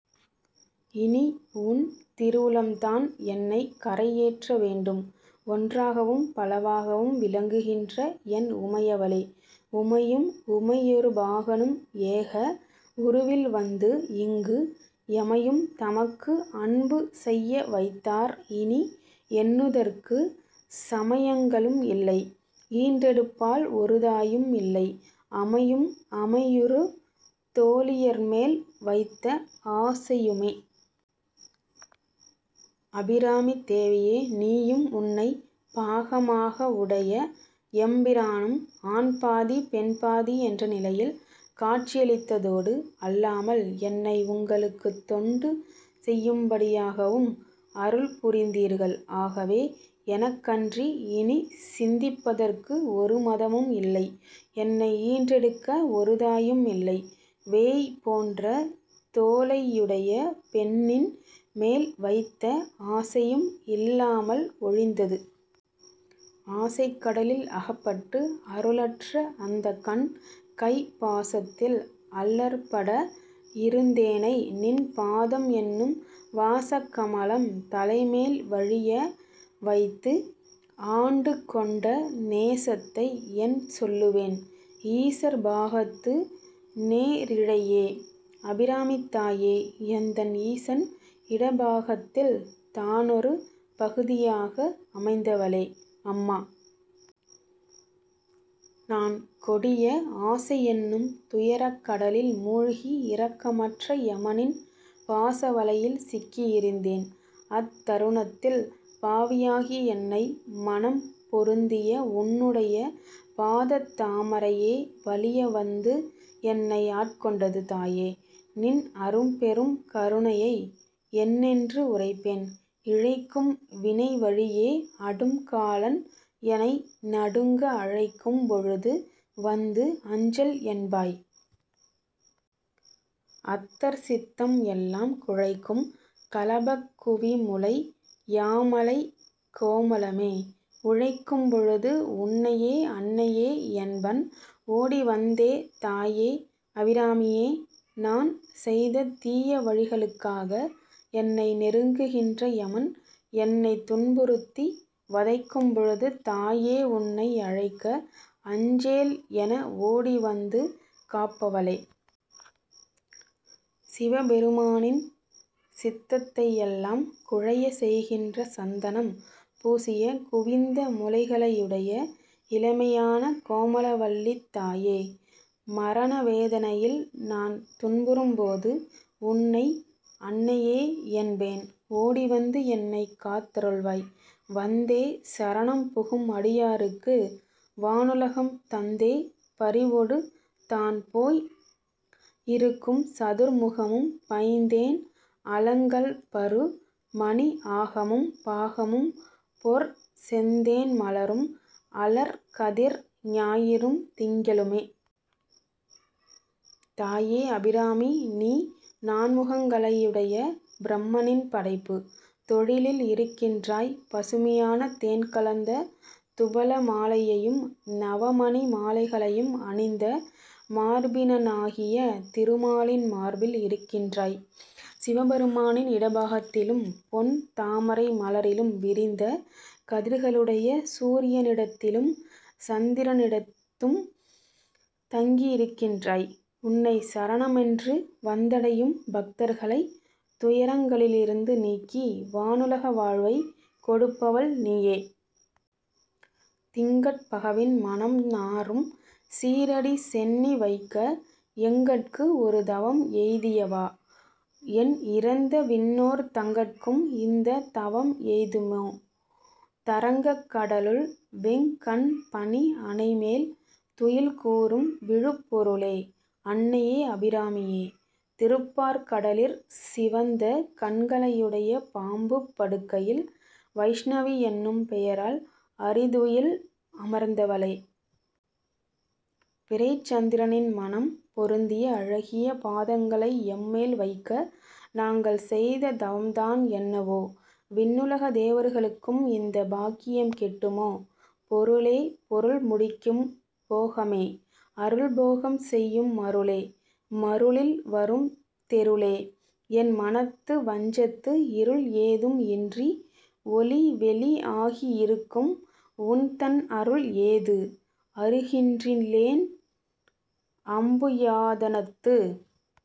இனி உன் திருவுளம்தான் என்னைக் கரை ஏற்ற வேண்டும். ஒன்றாகவும், பலவாகவும், விளங்குகின்ற என் உமையவளே!: உமையும் உமையொருபாகனும், ஏக உருவில் வந்து இங்கு எமையும் தமக்கு அன்பு செய்யவைத்தார், இனி எண்ணுதற்குச் சமையங்களும் இல்லை, ஈன்றெடுப்பாள் ஒரு தாயும் இல்லை, அமையும் அமையுறு தோளியர்மேல் வைத்த ஆசையுமே. அபிராமித் தேவியே! நீயும், உன்னைப் பாகமாகவுடைய எம்பிரானும், ஆண்பாதி, பெண்பாதி என்ற நிலையில் காட்சியளித்ததோடு அல்லாமல், என்னை உங்களுக்குத் தொண்டு செய்யும்படியாகவும் அருள்புரிந்தீர்கள். ஆகவே எனக்கன்றி இனிச் சிந்திப்பதற்கு ஒரு மதமும் இல்லை. என்னை ஈன்றெடுக்க ஒரு தாயும் இல்லை. வேய் போன்ற தோளையுடைய பெண்ணின் மேல் வைத்த ஆசையும் இல்லாமல் ஒழிந்தது.: ஆசைக் கடலில் அகப்பட்டு, அருளற்ற அந்தகன் கைப் பாசத்தில் அல்லற்பட இருந்தேனை, நின் பாதம் என்னும் வாசக் கமலம் தலைமேல் வலிய வைத்து, ஆண்டு கொண்ட நேசத்தை என் சொல்லுவேன்? ஈசர் பாகத்து நேரிழையே. அபிராமித்தாயே! எந்தன் ஈசன் இடப்பாகத்தில் தானொரு பகுதியாக அமைந்தவளே! அம்மா! நான் கொடிய ஆசையென்னும் துயரக் கடலில் மூழ்கி இரக்கமற்ற எமனின் பாச வலையில் சிக்கியிருந்தேன். அத் தருணத்தில் பாவியாகிய என்னை மணம் பொருந்திய உன்னுடைய பாதத் தாமரையே வலிய வந்து என்னை ஆட்கொண்டது! தாயே! நின் அரும்பெரும் கருணையை என்னென்று உரைப்பேன்!: இழைக்கும் வினைவழியே அடும் காலன், எனை நடுங்க அழைக்கும் பொழுது வந்து, அஞ்சல் என்பாய். அத்தர் சித்தம் எல்லாம் குழைக்கும் களபக் குவிமுலை யாமளைக் கோமளமே. உழைக்கும் பொழுது, உன்னையே அன்னையே என்பன் ஓடிவந்தே தாயே! அபிராமியே! நான் செய்த தீய வழிகளுக்காக என்னை நெருங்குகின்ற எமன் என்னைத் துன்புறுத்தி, வதைக்கும் பொழுது, தாயே உன்னை அழைக்க, அஞ்சேல் என ஓடிவந்து காப்பவளே! சிவ பெருமானின் சித்தத்தையெல்லாம் குழையச் செய்கின்ற சந்தனம் பூசிய குவிந்த முலைகளையுடைய இளமையான கோமளவல்லித் தாயே! மரண வேதனையில் நான் துன்புறும் போது உன்னை, 'அன்னையே' என்பேன். ஓடிவந்து என்னைக் காத்தருள்வாய்!: வந்தே சரணம் புகும் அடியாருக்கு, வானுலகம் தந்தே பரிவொடு தான் போய் இருக்கும்--சதுர்முகமும், பைந் தேன் அலங்கல் பரு மணி ஆகமும், பாகமும், பொற் செந் தேன் மலரும், அலர் கதிர் ஞாயிறும், திங்களுமே. தாயே! அபிராமி, நீ நான்முகங்களையுடைய பிரம்மனின் படைப்புத் தொழிலில் இருக்கின்றாய்! பசுமையான தேன் கலந்த துபள மாலையையும், நவமணி மாலைகளையும் அணிந்த மார்பினனாகிய திருமாலின் மார்பில் இருக்கின்றாய்! சிவபெருமானின் இடப்பாகத்திலும், பொன் தாமரை மலரிலும், விரிந்த கதிர்களுடைய சூரியனிடத்திலும், சந்திரனிடத்தும் தங்கியிருக்கின்றாய். உன்னைச் சரணமென்று வந்தடையும் பக்தர்களைத் துயரங்களிலிருந்து நீக்கி, வானுலக வாழ்வைக் கொடுப்பவள் நீயே.: திங்கட் பகவின் மணம் நாறும் சீறடி சென்னி வைக்க எங்கட்கு ஒரு தவம் எய்தியவா, எண் இறந்த விண்ணோர்-- தங்கட்கும் இந்தத் தவம் எய்துமோ? தரங்கக் கடலுள் வெங் கண் பணி அணைமேல் துயில்கூரும் விழுப்பொருளே. அன்னையே! அபிராமியே! திருப்பாற்கடலிற் சிவந்த கண்களையுடை பாம்புப் படுக்கையில் வைஷ்ணவி என்னும் பெயரால் அறிதுயில் அமர்ந்தவளே! பிறைச் சந்திரனின் மணம் பொருந்திய அழகிய பாதங்களை எம்மேல் வைக்க நாங்கள் செய்த தவம்தான் என்னவோ! விண்ணுலகத் தேவர்களுக்கும் இந்தப் பாக்கியம் கிட்டுமோ!: பொருளே, பொருள் முடிக்கும் போகமே, அரும் போகம் செய்யும் மருளே, மருளில் வரும் தெருளே, என் மனத்து வஞ்சத்து இருள் ஏதும் இன்றி ஒளி வெளி ஆகி இருக்கும் உன்தன் அருள் ஏது. அறிகின்றிலேன், அம்புயாதனத்து